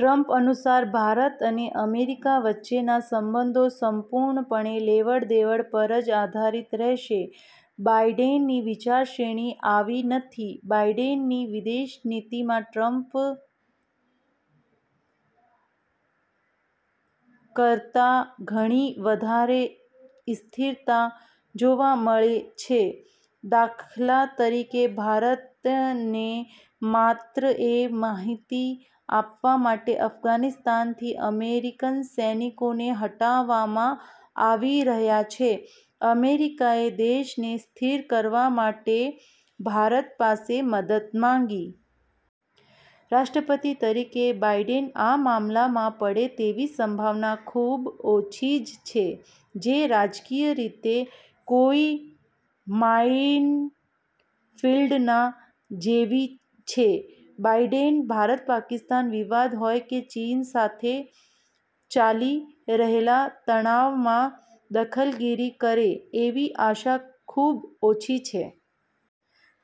Trump અનુસાર ભારત અને America વચ્ચેના સંબંધો સંપૂર્ણપણે લેવડ-દેવડ પર જ આધારિત રહેશે. બાઇડેનની વિચારશ્રેણી આવી નથી. બાઇડેનની વિદેશ નીતિમાં ટ્રમ્પ કરતા ઘણી વધારે સ્થિરતા જોવા મળે છે. દાખલા તરીકે ભારતને માત્ર એ માહિતી આપવા માટે અફઘાનિસ્તાનથી અમેરિકન સૈનિકોને હટાવામાં આવી રહ્યા છે, અમેરિકા એ દેશને સ્થિર કરવા માટે ભારત પાસે મદદ માંગી. રાષ્ટ્રપતિ તરીકે બાઇડેન આ મામલામાં પડે તેવી સંભાવના ખુબ ઓછી જ છે, જે રાજકીય રીતે કોઇ માઇનફીલ્ડના જેવી છે. બાઇડેન ભારત-પાકિસ્તાન વિવાદ હોય કે ચીન સાથે ચાલી રહેલા તણાવમાં દખલગીરી કરે એવી આશા ખુબ ઓછી છે.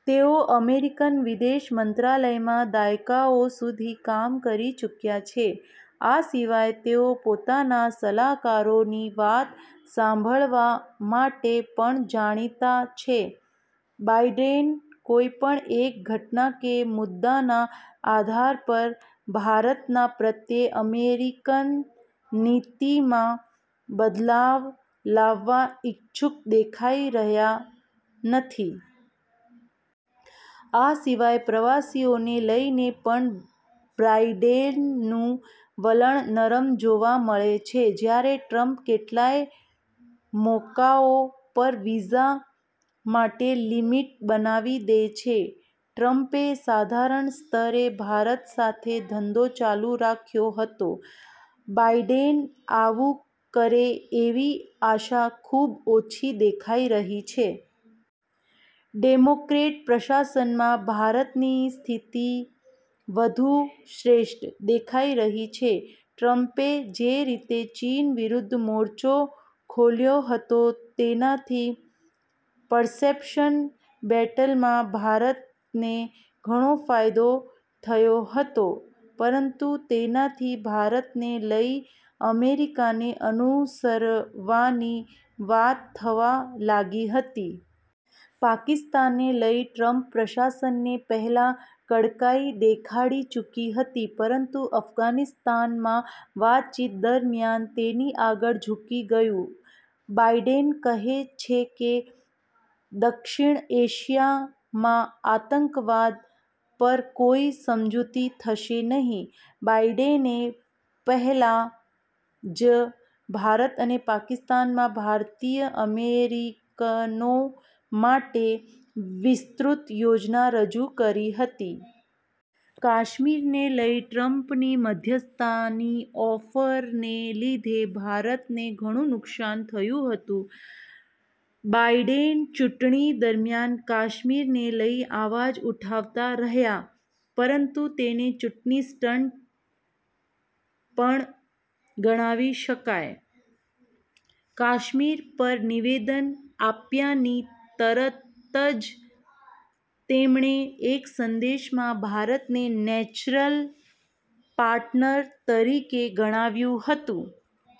તેઓ અમેરિકન વિદેશ મંત્રાલયમાં દાયકાઓ સુધી કામ કરી ચૂકયા છે. આ સિવાય તેઓ પોતાના સલાહકારોની વાત સાંભળવા માટે પણ જાણીતા છે. બાઇડેન કોઇપણ એક ઘટના કે મુદ્દાના આધાર પર ભારતના પ્રત્યે અમેરિકન નીતિમાં બદલાવ લાવવાના ઇચ્છુક દેખાઈ રહ્યા નથી. આ સિવાય પ્રવાસીઓને લઇને પણ બાઇડેનનું વલણ નરમ જોવા મળે છે, જ્યારે ટ્રમ્પ કેટલાંય મોકાઓં પર વીઝા માટે લિમિટ લગાવી દે છે. ટ્રમ્પે સાધારણ સ્તરે ભારત સાથે ધંધો ચાલુ રાખ્યો હતો. બાઇડેન આવું કરે એવી આશા ખુબ ઓછી દેખાઈ રહી છે. ડેમોક્રેટ પ્રશાસનમાં ભારતની સ્થિતિ વધુ શ્રેષ્ઠ દેખાઇ રહી છે. ટ્રમ્પે જે રીતે ચીન વિરુદ્ધ મોરચો ખોલ્યો હતો તેનાથી પર્સેપ્શન બેટલમાં ભારતને ઘણો ફાયદો થયો હતો, પરંતુ તેનાથી ભારતને લઇ અમેરિકાને અનુસરવાની વાત થવા લાગી હતી. પાકિસ્તાનને લઇ ટ્રમ્પ પ્રશાસનને પહેલાં કડકાઇ દેખાડી ચુકી હતી, પરંતુ અફઘાનિસ્તાનમાં વાતચીત દરમિયાન તેની આગળ ઝૂકી ગયું. બાઇડેન કહે છે કે, દક્ષિણ એશિયામાં આતંકવાદ પર કોઇ સમજૂતી થશે નહીં. બાઇડેને પહેલાં જ ભારત અને અમેરિકામાં ભારતીય-અમેરિકનો માટે વિસ્તૃત યોજના રજુ કરી હતી. કાશ્મીરને લઇ ટ્રમ્પની મધ્યસ્થતાની ઓફરને લીધે ભારતને ઘણું નુકશાન થયું હતું. બાઇડેન ચુંટણી દરમિયાન કાશ્મીરને લઇ અવાજ ઉઠાવતા રહ્યા, પરંતુ તેને ચૂંટણી સ્ટંટ પણ ગણાવી શકાય. કાશ્મીર પર નિવેદન આપ્યાની તરત જ તેમણે એક સંદેશમાં ભારતને 'નેચરલ પાર્ટનર' તરીકે ગણાવ્યું હતું.